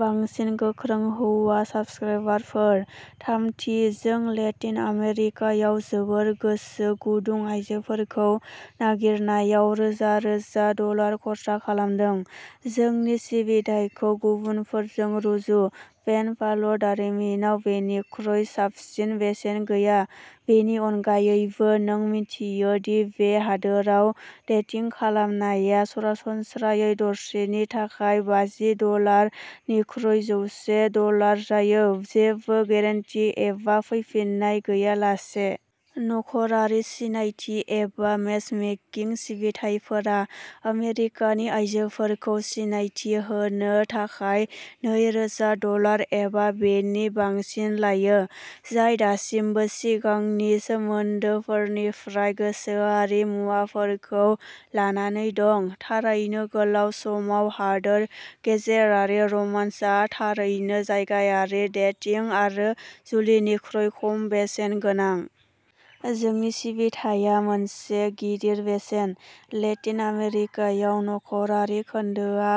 बांसिन गोख्रों हौवा साब्सक्राइबारफोर। थामथि, जों लेटिन आमेरिकायाव जोबोर गोसो गुदुं आयजोफोरखौ नागिरनायाव रोजा रोजा डलार खर्सा खालामदों। जोंनि सिबिथायखौ गुबुनफोरजों रुजु। पेन पाल' दारिमिनाव बेनिख्रुइ साबसिन बेसेन गैया। बेनि अनगायैबो, नों मिन्थियो दि बे हादोराव डेटिं खालामनाया सरासनस्रायै हरसेनि थाखाय बाजि डलार निख्रुइ जौसे डलार जायो, जेबो गेरेन्टि एबा फैफिन्नाय गैयालासे। न'खरारि सिनायथि एबा मेचमेकिं सिबिथाइफोरा आमेरिकानि आयजोफोरखौ सिनायथि होनो थाखाय नैरोजा डलार एबा बेनि बांसिन लायो, जाय दासिमबो सिगांनि सोमोन्दोफोरनिफ्राय गोसोआरि मुवाफोरखौ लानानै दं। थारैनो, गोलाव समाव हादोर गेजेरारि रमान्सआ थारैनो जायगायारि डेटिं आरो जुलिनिख्रुइ खम बेसेन गोनां। जोंनि सिबिथाया मोनसे गिदिर बेसेन, लेटिन आमेरिकायाव न'खरारि खोन्दोआ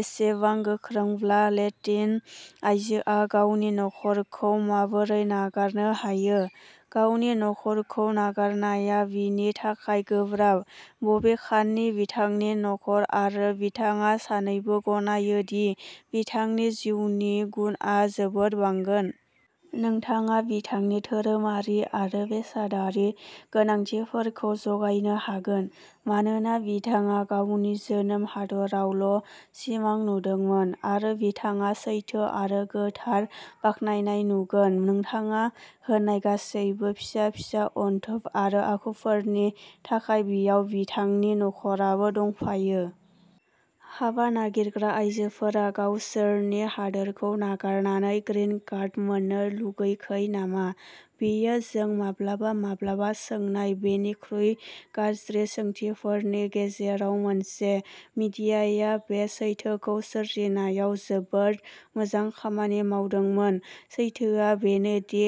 एसेबां गोख्रोंब्ला, लेटिन आयजोआ गावनि न'खरखौ माबोरै नागारनो हायो? गावनि न'खरखौ नागारनाया बिनि थाखाय गोब्राब। बबेखानि, बिथांनि न'खर आरो बिथाङा सानैबो गनायो दि बिथांनि जिउनि गुनआ जोबोद बांगोन। नोंथाङा बिथांनि धोरोमारि आरो बेसादारि गोनांथिफोरखौ जगायनो हागोन, मानोना बिथाङा गावनि जोनोम हादोरावल' सिमां नुदोंमोन। आरो नोंथाङा सैथो आरो गोथार बाख्नायनाय नुगोन। नोंथाङा होनाय गासैबो फिसा-फिसा अनथोब आरो आखुफोरनि थाखाय-बेयाव बिथांनि न'खराबो दंफायो। हाबा नागिरग्रा आइजोफोरा गावसोरनि हादोरखौ नागारनानै 'ग्रिनकार्ड' मोन्नो लुगैखै नामा? बेयो जों माब्लाबा-माब्लाबा सोंनाय बयनिख्रुइ गाज्रि सोंथिफोरनि गेजेराव मोनसे। मिडियाया बे सैथोखौ सोरजिनायाव जोबोद मोजां खामानि मावदोंमोन। सैथोआ बेनो दि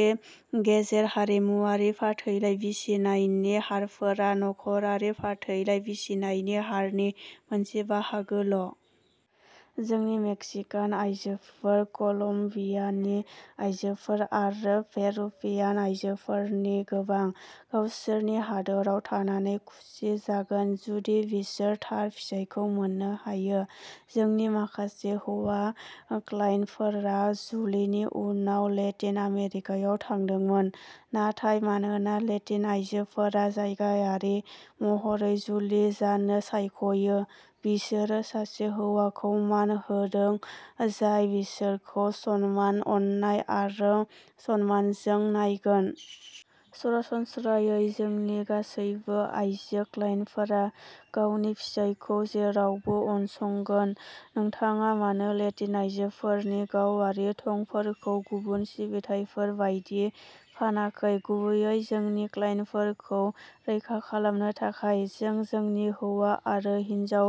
गेजेर हारिमुआरि फाथैलाइ बिसिनायनि हारफोरा न'खरारि फाथैलाइ बिसिनायनि हारनि मोनसे बाहागोल'। जोंनि मेक्सिकान आयजोफोर, कलम्बियानि आयजोफोर, आरो पेरुवियान आयजोफोरनि गोबां। गावसोरनि हादोराव थानानै खुसि जागोन जुदि बिसोर थार फिसायखौ मोननो हायो। जोंनि माखासे हौवा क्लाइन्टफोरा जुलिनि उनाव लेटिन आमेरिकायाव थांदोंमोन! नाथाय, मानोना लेटिन आइजोफोरा जायगायारि महरै जुलि जानो सायख'यो, बिसोरो सासे हौवाखौ मान होदों जाय बिसोरखौ सनमान, अननाय आरो सनमानजों नायगोन। सरासनस्रायै जोंनि गासैबो आइजो क्लाइन्टफोरा गावनि फिसायखौ जेरावबो उनसंगोन, नोंथाङा मानो लेटिन आइजोफोरनि गावारि थंफोरखौ गुबुन सिबिथाइफोर बायदि फानाखै? गुबैयै जोंनि क्लाइन्टफोरखौ रैखा खालामनो थाखाय। जों जोंनि हौवा आरो हिनजाव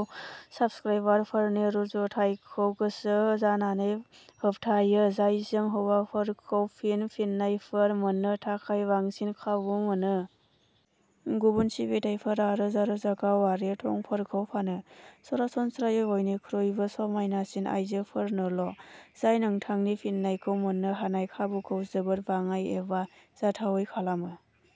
साबस्क्राइबारफोरनि रुजुथायखौ गोसो जानानै होबथायो, जायजों हौवाफोरखौ फिन फिननायफोर मोन्नो थाखाय बांसिन खाबु मोनो। गुबुन सिबिथाइफोरा रोजा रोजा गावारि थंफोरखौ फानो। सरासनस्रायै बयनिख्रुइबो समायनासिन आइजोफोरनोल', जाय नोंथांनि फिननायखौ मोन्नो हानाय खाबुखौ जोबोद बाङाइ एबा जाथावै खालामो।